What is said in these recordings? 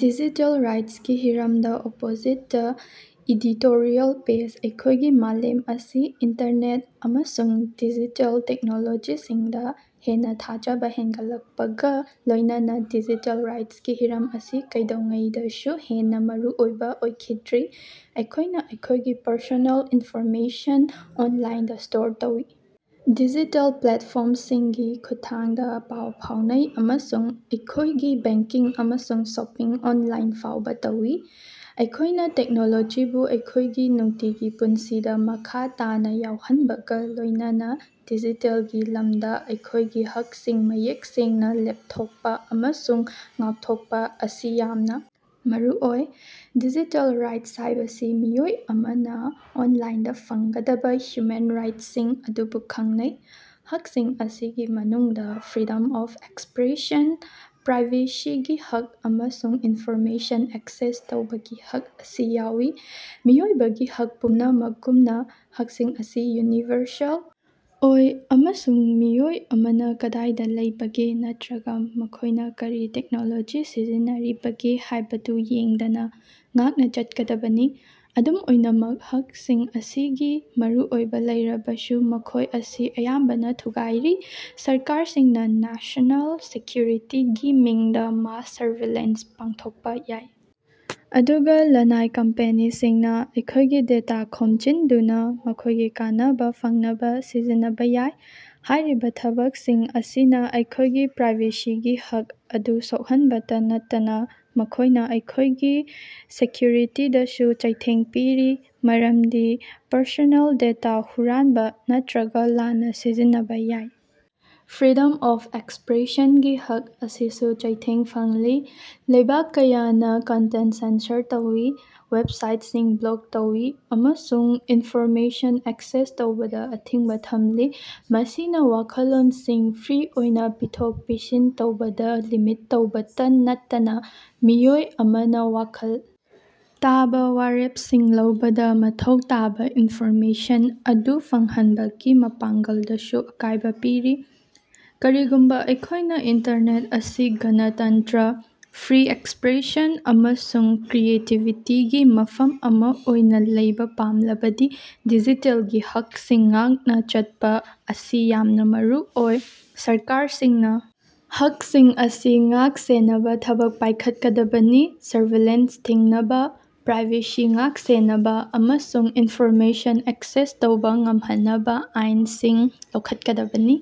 Digital ꯔꯥꯏꯠꯁꯀꯤ ꯍꯤꯔꯝꯗꯥ opposite ꯗꯥ ꯢꯗꯤꯇꯣꯔꯤꯑꯦꯜ ꯄꯦꯖ ꯑꯩꯈꯣꯏꯒꯤ ꯃꯥꯂꯦꯝ ꯑꯁꯤ ꯏꯟꯇꯔꯅꯦꯠ ꯑꯃꯁꯨꯡ ꯗꯤꯖꯤꯇꯦꯜ ꯇꯦꯛꯅꯣꯂꯣꯖꯤꯁꯤꯡꯗꯥ ꯍꯦꯟꯅꯥ ꯊꯥꯖꯕꯥ ꯍꯦꯟꯒꯠꯂꯛꯄꯒꯥ ꯂꯣꯏꯅꯅꯥ ꯗꯤꯖꯤꯇꯦꯜ ꯔꯥꯏꯠꯁꯀꯤ ꯍꯤꯔꯝ ꯑꯁꯤ ꯀꯩꯗꯧꯉꯩꯗꯁꯨ ꯍꯦꯟꯅꯥ ꯃꯔꯨꯑꯣꯏꯕꯥ ꯑꯣꯏꯈꯤꯗ꯭ꯔꯤ꯫ ꯑꯩꯈꯣꯏꯅꯥ ꯑꯩꯈꯣꯏꯒꯤ ꯄꯔꯁꯣꯅꯦꯜ ꯏꯟꯐꯣꯔꯃꯦꯁꯟ ꯑꯣꯟꯂꯥꯏꯟꯗꯥ ꯁ꯭ꯇꯣꯔ ꯇꯧꯏ, ꯗꯤꯖꯤꯇꯦꯜ ꯄ꯭ꯂꯦꯠꯐꯣꯝꯁꯤꯡꯒꯤ ꯈꯨꯠꯊꯥꯡꯗꯥ ꯄꯥꯎ ꯐꯥꯎꯅꯩ ꯑꯃꯁꯨꯡ ꯑꯩꯈꯣꯏꯒꯤ ꯕꯦꯡꯀꯤꯡ ꯑꯃꯁꯨꯡ ꯁꯣꯄꯤꯡ ꯑꯣꯟꯂꯥꯏꯟ ꯐꯥꯎꯕꯥ ꯇꯧꯏ꯫ ꯑꯩꯈꯣꯏꯅꯥ ꯇꯦꯛꯅꯣꯂꯣꯖꯤꯕꯨ ꯑꯩꯈꯣꯏꯒꯤ ꯅꯨꯡꯇꯤꯒꯤ ꯄꯨꯟꯁꯤꯗꯥ ꯃꯈꯥ ꯇꯥꯅꯥ ꯌꯥꯎꯍꯟꯕꯒꯥ ꯂꯣꯏꯅꯅꯥ ꯗꯤꯖꯤꯇꯦꯜꯒꯤ ꯂꯝꯗꯥ ꯑꯩꯈꯣꯏꯒꯤ ꯍꯛꯁꯤꯡ ꯃꯌꯦꯛ ꯁꯦꯡꯅꯥ ꯂꯦꯞꯊꯣꯛꯄꯥ ꯑꯃꯁꯨꯡ ꯉꯥꯛꯊꯣꯛꯄꯥ ꯑꯁꯤ ꯌꯥꯝꯅꯥ ꯃꯔꯨꯑꯣꯏ꯫ ꯗꯤꯖꯤꯇꯦꯜ ꯔꯥꯏꯠꯁ ꯍꯥꯏꯕꯁꯤ ꯃꯤꯑꯣꯏ ꯑꯃꯅꯥ ꯑꯣꯟꯂꯥꯏꯟꯗꯥ ꯐꯪꯒꯗꯕꯥ ꯍ꯭ꯌꯨꯃꯦꯟ ꯔꯥꯏꯠꯁꯤꯡ ꯑꯗꯨꯕꯨ ꯈꯪꯅꯩ꯫ ꯍꯛꯁꯤꯡ ꯑꯁꯤꯒꯤ ꯃꯅꯨꯡꯗꯥ ꯐ꯭ꯔꯤꯗꯝ ꯑꯣꯐ ꯑꯦꯛꯁꯄ꯭ꯔꯦꯁꯟ, ꯄ꯭ꯔꯥꯏꯚꯦꯁꯤꯒꯤ ꯍꯛ ꯑꯃꯁꯨꯡ ꯏꯟꯐꯣꯔꯃꯦꯁꯟ ꯑꯦꯛꯁꯦꯁ ꯇꯧꯕꯒꯤ ꯍꯛ ꯑꯁꯤ ꯌꯥꯎꯏ꯫ ꯃꯤꯑꯣꯏꯕꯒꯤ ꯍꯛ ꯄꯨꯝꯅꯃꯛꯒꯨꯝꯅꯥ, ꯍꯛꯁꯤꯡ ꯑꯁꯤ ꯌꯨꯅꯤꯚꯔꯁꯦꯜ ꯑꯣꯏ ꯑꯃꯁꯨꯡ ꯃꯤꯑꯣꯏ ꯑꯃꯅꯥ ꯀꯗꯥꯏꯗꯥ ꯂꯩꯕꯒꯦ ꯅꯠꯇ꯭ꯔꯒꯥ ꯃꯈꯣꯏꯅꯥ ꯀꯔꯤ ꯇꯦꯛꯅꯣꯂꯣꯖꯤ ꯁꯤꯖꯤꯟꯅꯔꯤꯕꯒꯦ ꯍꯥꯏꯕꯗꯨ ꯌꯦꯡꯗꯅꯥ ꯉꯥꯛꯅꯥ ꯆꯠꯀꯗꯕꯅꯤ꯫ ꯑꯗꯨꯝ ꯑꯣꯏꯅꯃꯛ ꯍꯛꯁꯤꯡ ꯑꯁꯤꯒꯤ ꯃꯔꯨꯑꯣꯏꯕꯥ ꯂꯩꯔꯕꯁꯨ ꯃꯈꯣꯏ ꯑꯁꯤ ꯑꯌꯥꯝꯕꯅꯥ ꯊꯨꯒꯥꯏꯔꯤ꯫ ꯁꯔꯀꯥꯔꯁꯤꯡꯅꯥ ꯅꯦꯁꯅꯦꯜ ꯁꯦꯀ꯭ꯌꯨꯔꯤꯇꯤꯒꯤ ꯃꯤꯡꯗꯥ ꯃꯥꯁ ꯁꯔꯚꯤꯂꯦꯟꯁ ꯄꯥꯡꯊꯣꯛꯄꯥ ꯌꯥꯏ, ꯑꯗꯨꯒꯥ ꯂꯅꯥꯏ ꯀꯝꯄꯦꯅꯤꯁꯤꯡꯅꯥ ꯑꯩꯈꯣꯏꯒꯤ ꯗꯦꯇꯥ ꯈꯣꯝꯖꯤꯟꯗꯨꯅꯥ ꯃꯈꯣꯏꯒꯤ ꯀꯥꯟꯅꯕꯥ ꯐꯪꯅꯕꯥ ꯁꯤꯖꯤꯟꯅꯕꯥ ꯌꯥꯏ꯫ ꯍꯥꯏꯔꯤꯕꯥ ꯊꯕꯛꯁꯤꯡ ꯑꯁꯤꯅꯥ ꯑꯩꯈꯣꯏꯒꯤ ꯄ꯭ꯔꯥꯏꯚꯦꯁꯤꯒꯤ ꯍꯛ ꯑꯗꯨ ꯁꯣꯛꯍꯟꯕꯇꯥ ꯅꯠꯇꯅꯥ, ꯃꯈꯣꯏꯅꯥ ꯑꯩꯈꯣꯏꯒꯤ ꯁꯦꯀ꯭ꯌꯨꯔꯤꯇꯤꯗꯁꯨ ꯆꯩꯊꯦꯡ ꯄꯤꯔꯤ, ꯃꯔꯝꯗꯤ ꯄꯔꯁꯣꯅꯦꯜ ꯗꯦꯇꯥ ꯍꯨꯔꯥꯟꯕꯥ ꯅꯠꯇ꯭ꯔꯒꯥ ꯂꯥꯟꯅꯥ ꯁꯤꯖꯤꯟꯅꯕꯥ ꯌꯥꯏ꯫ ꯐ꯭ꯔꯤꯗꯝ ꯑꯣꯐ ꯑꯦꯛꯁꯄ꯭ꯔꯦꯁꯟꯒꯤ ꯍꯛ ꯑꯁꯤꯁꯨ ꯆꯩꯊꯦꯡ ꯐꯪꯂꯤ꯫ ꯂꯩꯕꯥꯛ ꯀꯌꯥꯅꯥ ꯀꯟꯇꯦꯟꯇ ꯁꯦꯟꯁꯔ ꯇꯧꯏ, ꯋꯦꯞꯁꯥꯏꯠꯁꯤꯡ ꯕ꯭ꯂꯣꯛ ꯇꯧꯏ ꯑꯃꯁꯨꯡ ꯏꯟꯐꯣꯔꯃꯦꯁꯟ ꯑꯦꯛꯁꯦꯁ ꯇꯧꯕꯗꯥ ꯑꯊꯤꯡꯕꯥ ꯊꯝꯂꯤ꯫ ꯃꯁꯤꯅꯥ ꯋꯥꯈꯜꯂꯣꯟꯁꯤꯡ ꯐ꯭ꯔꯤ ꯑꯣꯏꯅꯥ ꯄꯤꯊꯣꯛ-ꯄꯤꯁꯤꯟ ꯇꯧꯅꯕꯗꯥ ꯂꯤꯃꯤꯠ ꯇꯧꯕꯇꯥ ꯅꯠꯇꯅꯥ, ꯃꯤꯑꯣꯏ ꯑꯃꯅꯥ ꯋꯥꯈꯜ ꯇꯥꯕꯥ ꯋꯥꯔꯦꯞꯁꯤꯡ ꯂꯧꯕꯗꯥ ꯃꯊꯧ ꯇꯥꯕꯥ ꯏꯟꯐꯣꯔꯃꯦꯁꯟ ꯑꯗꯨ ꯐꯪꯍꯟꯕꯒꯤ ꯃꯄꯥꯡꯒꯜꯗꯁꯨ ꯑꯀꯥꯏꯕꯥ ꯄꯤ꯫ ꯀꯔꯤꯒꯨꯝꯕꯥ ꯑꯩꯈꯣꯏꯅꯥ ꯏꯟꯇꯔꯅꯦꯠ ꯑꯁꯤ ꯒꯅꯇꯟꯇ꯭ꯔ, ꯐ꯭ꯔꯤ ꯑꯦꯛꯁꯄ꯭ꯔꯦꯁꯟ ꯑꯃꯁꯨꯡ ꯀ꯭ꯔꯤꯌꯦꯇꯤꯕꯤꯇꯤꯒꯤ ꯃꯐꯝ ꯑꯃꯥ ꯑꯣꯏꯅꯥ ꯂꯩꯕꯥ ꯄꯥꯝꯂꯕꯗꯤ ꯗꯤꯖꯤꯇꯦꯜꯒꯤ ꯍꯛꯁꯤꯡ ꯉꯥꯛꯅꯥ ꯆꯠꯄꯥ ꯑꯁꯤ ꯌꯥꯝꯅꯥ ꯃꯔꯨꯑꯣꯏ꯫ ꯁꯔꯀꯥꯔꯁꯤꯡꯅꯥ ꯍꯛꯁꯤꯡ ꯑꯁꯤ ꯉꯥꯛ-ꯁꯦꯟꯅꯕꯥ ꯊꯕꯛ ꯄꯥꯏꯈꯠꯀꯗꯕꯅꯤ, ꯁꯔꯚꯤꯂꯦꯟꯁ ꯊꯤꯡꯅꯕꯥ, ꯄ꯭ꯔꯥꯏꯚꯦꯁꯤ ꯉꯥꯛ-ꯁꯦꯟꯅꯕꯥ ꯑꯃꯁꯨꯡ ꯏꯟꯐꯣꯔꯃꯦꯁꯟ ꯑꯦꯛꯁꯦꯁ ꯇꯧꯕꯥ ꯉꯝꯍꯟꯅꯕꯥ ꯑꯥꯏꯟꯁꯤꯡ ꯂꯧꯈꯠꯀꯗꯕꯅꯤ꯫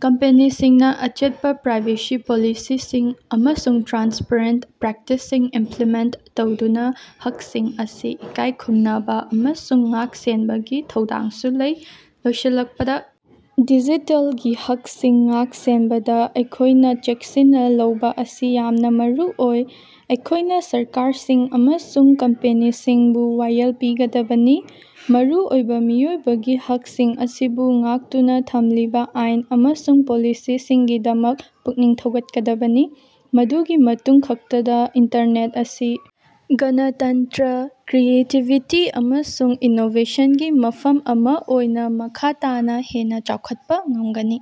ꯀꯝꯄꯦꯅꯤꯁꯤꯡꯅꯥ ꯑꯆꯦꯠꯄꯥ ꯄ꯭ꯔꯥꯏꯕꯦꯁꯤ ꯄꯣꯂꯤꯁꯤꯁꯤꯡ ꯑꯃꯁꯨꯡ ꯇ꯭ꯔꯥꯟꯁꯄꯔꯦꯟꯇ ꯄ꯭ꯔꯦꯛꯇꯤꯁꯁꯤꯡ ꯏꯝꯄ꯭ꯂꯤꯃꯦꯟꯇ ꯇꯧꯗꯨꯅꯥ ꯍꯛꯁꯤꯡ ꯑꯁꯤ ꯏꯀꯥꯏꯈꯨꯝꯅꯕꯥ ꯑꯃꯁꯨꯡ ꯉꯥꯛ-ꯁꯦꯟꯕꯒꯤ ꯊꯧꯗꯥꯡꯁꯨ ꯂꯩ꯫ ꯂꯣꯏꯁꯤꯜꯂꯛꯄꯗꯥ, ꯗꯤꯖꯤꯇꯦꯜꯒꯤ ꯍꯛꯁꯤꯡ ꯉꯥꯛ-ꯁꯦꯟꯕꯗꯥ ꯑꯩꯈꯣꯏꯅꯥ ꯆꯦꯛꯁꯤꯟꯅꯥ ꯂꯩꯕꯥ ꯑꯁꯤ ꯌꯥꯝꯅꯥ ꯃꯔꯨ ꯑꯣꯏ꯫ ꯑꯩꯈꯣꯏꯅꯥ ꯁꯔꯀꯥꯔꯁꯤꯡ ꯑꯃꯁꯨꯡ ꯀꯝꯄꯦꯅꯤꯁꯤꯡꯕꯨ ꯋꯥꯌꯦꯜ ꯄꯤꯒꯗꯕꯅꯤ, ꯃꯔꯨ ꯑꯣꯏꯕꯥ ꯃꯤꯑꯣꯏꯕꯒꯤ ꯍꯛꯁꯤꯡ ꯑꯁꯤꯕꯨ ꯉꯥꯛꯇꯨꯅꯥ ꯊꯝꯂꯤꯕꯥ ꯑꯥꯏꯟ ꯑꯃꯁꯨꯡ ꯄꯣꯂꯤꯁꯤꯁꯤꯡꯒꯤꯗꯃꯛ ꯄꯨꯛꯅꯤꯡ ꯊꯧꯒꯠꯀꯗꯕꯅꯤ꯫ ꯃꯗꯨꯒꯤ ꯃꯇꯨꯡ ꯈꯛꯇꯗꯥ ꯏꯟꯇꯔꯅꯦꯠ ꯑꯁꯤ ꯒꯅꯇꯟꯇ꯭ꯔ, ꯀ꯭ꯔꯤꯌꯦꯇꯤꯕꯤꯇꯤ, ꯑꯃꯁꯨꯡ ꯏꯅꯣꯕꯦꯁꯟꯒꯤ ꯃꯐꯝ ꯑꯃꯥ ꯑꯣꯏꯅꯥ ꯃꯈꯥ ꯇꯥꯅꯥ ꯍꯦꯟꯅꯥ ꯆꯥꯎꯈꯠꯄꯥ ꯉꯝꯒꯅꯤ꯫